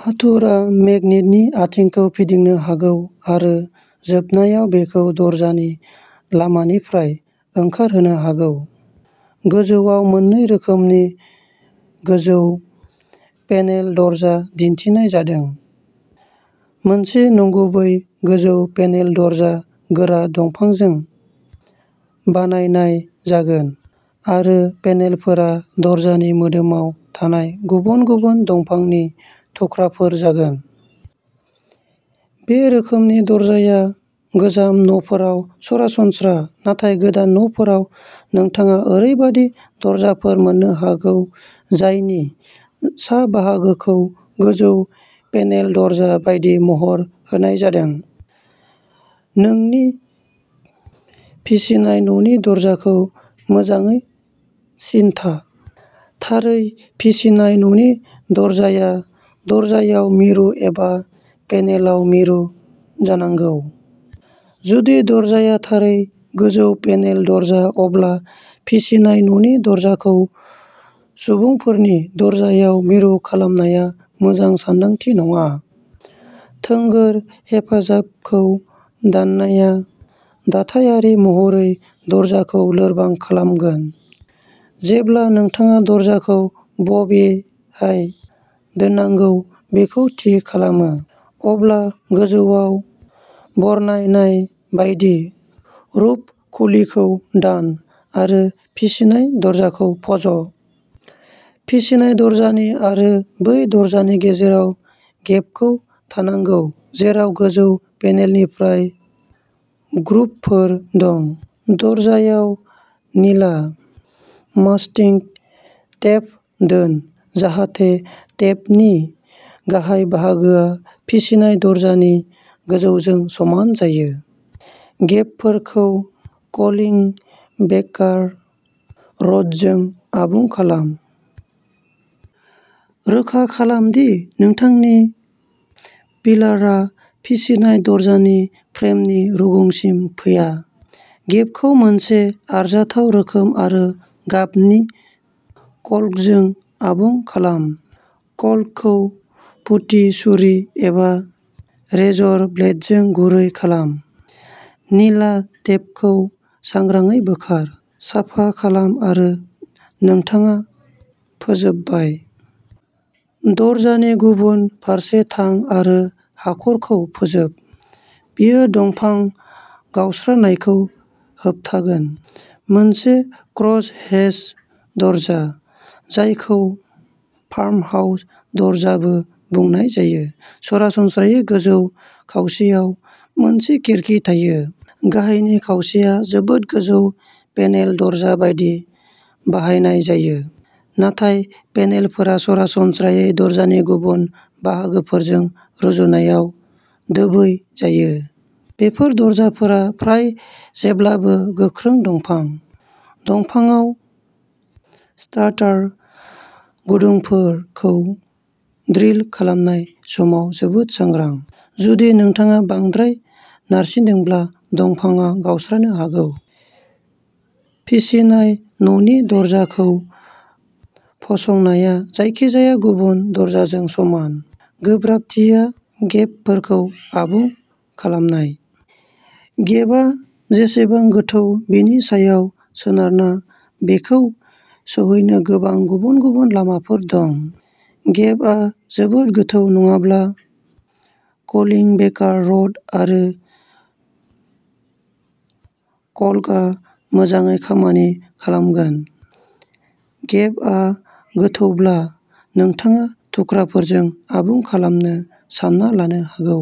हाथुरआ मेगनेटनि आथिंखौ फिदिंनो हागौ आरो जोबनायाव बेखौ दरजानि लामानिफ्राय ओंखारहोनो हागौ। गोजौआव मोननै रोखोमनि गोजौ पेनेल दरजा दिन्थिनाय जादों। मोनसे नंगुबै गोजौ पेनेल दरजा गोरा दंफांजों बानायनाय जागोन, आरो पेनेलफोरा दरजानि मोदोमाव थानाय गुबुन गुबुन दंफांनि थुख्राफोर जागोन। बे रोखोमनि दरजाया गोजाम न'फोराव सरासनस्रा, नाथाय गोदान न'फोराव नोंथाङा ओरैबायदि दरजाफोर मोन्नो हागौ जायनि सा बाहागोखौ गोजौ पेनेल दरजा बायदि महर होनाय जादों। नोंनि फिसिनाय न'नि दरजाखौ मोजाङै सिनथा। थारै, फिसिनाय न'नि दरजाया दरजायाव मिरु एबा पेनेलाव मिरु जानांगौ। जुदि दरजाया थारै गोजौ पेनेल दरजा, अब्ला फिसिनाय न'नि दरजाखौ सुबुंफोरनि दरजायाव मिरु खालामनाया मोजां सानदांथि नङा। थोंगोर हेफाजाबखौ दाननाया दाथायारि महरै दरजाखौ लोरबां खालामगोन। जेब्ला नोंथाङा दरजाखौ बबेहाय दोननांगौ बेखौ थि खालामो, अब्ला गोजौवाव बरनायनाय बायदि र'फ खुलिखौ दान आरो फिसिनाय दरजाखौ फज'। फिसिनाय दरजानि आरो बै दरजानि गेजेराव गेबफोर थानांगौ जेराव गोजौ पेनेलनिफ्राय ग्रुभफोर दं। दरजायाव निला मास्किंग टेप दोन जाहाथे टेपनि गाहाय बाहागोआ फिसिनाय दरजानि गोजौजों समान जायो। गेबफोरखौ कल्किं बेकार रड जों आबुं खालाम। रोखा खालाम दि नोंथांनि फिलारआ फिसिनाय दरजानि फ्रेमनि रुगुंसिम फैया। गेबखौ मोनसे आरजाथाव रोखोम आरो गाबनि कल्कजों आबुं खालाम। कल्कखौ पुटी छुरी एबा रेजर ब्लेडजों गुरै खालाम। निला टेपखौ सांग्राङै बोखार। साफा खालाम आरो नोंथाङा फोजोबबाय। दरजानि गुबुन फारसे थां आरो हाखरखौ फोजोब। बेयो दंफां गावस्रानायखौ होबथागोन। मोनसे क्रसहेच दरजा, जायखौ फार्महाउस दरजाबो बुंनाय जायो, सरासनस्रायै गोजौ खावसेयाव मोनसे खिरखि थायो। गाहायनि खावसेया जोबोद गोजौ पेनेल दरजा बायदि बाहायनाय जायो, नाथाय पेनेलफोरा सरासनस्रायै दरजानि गुबुन बाहागोफोरजों रुजुनायाव दोबै जायो। बेफोर दरजाफोरा फ्राय जेब्लाबो गोख्रों दंफां। दंफांआव स्टार्टार गुदुंफोरखौ ड्रिल खालामनाय समाव जोबोद सांग्रा। जुदि नोंथाङा बांद्राय नारसिनदोंब्ला दंफांआ गावस्रानो हागौ। फिसिनाय न'नि दरजाखौ फसंनाया जायखिजाया गुबुन दरजाजों समान। गोब्राबथिया गेबफोरखौ आबुं खालामनाय। गेबआ जेसेबां गोथौ, बेनि सायाव सोनारना, बेखौ सौहैनो गोबां गुबुन-गुबुन लामाफोर दं। गेबआ जोबोद गोथौ नङाब्ला, कल्किं बेकार रड आरो कल्कआ मोजाङै खामानि खालामगोन। गेबआ गोथौब्ला नोंथाङा थुख्राफोरजों आबुं खालामनो सानना लानो हागौ।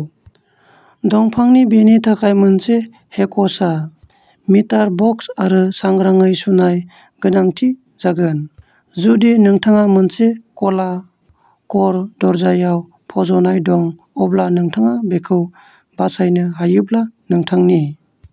दंफांनि बेनि थाखाय मोनसे हेकसा, मिटार बक्स आरो सांग्राङै सुनाय गोनांथि जागोन। जुदि नोंथाङा मोनसे ख'ला क'र दरजायाव फज'नाय दं, अब्ला नोंथाङा बेखौ बासायनो हायोब्ला नोंथांनि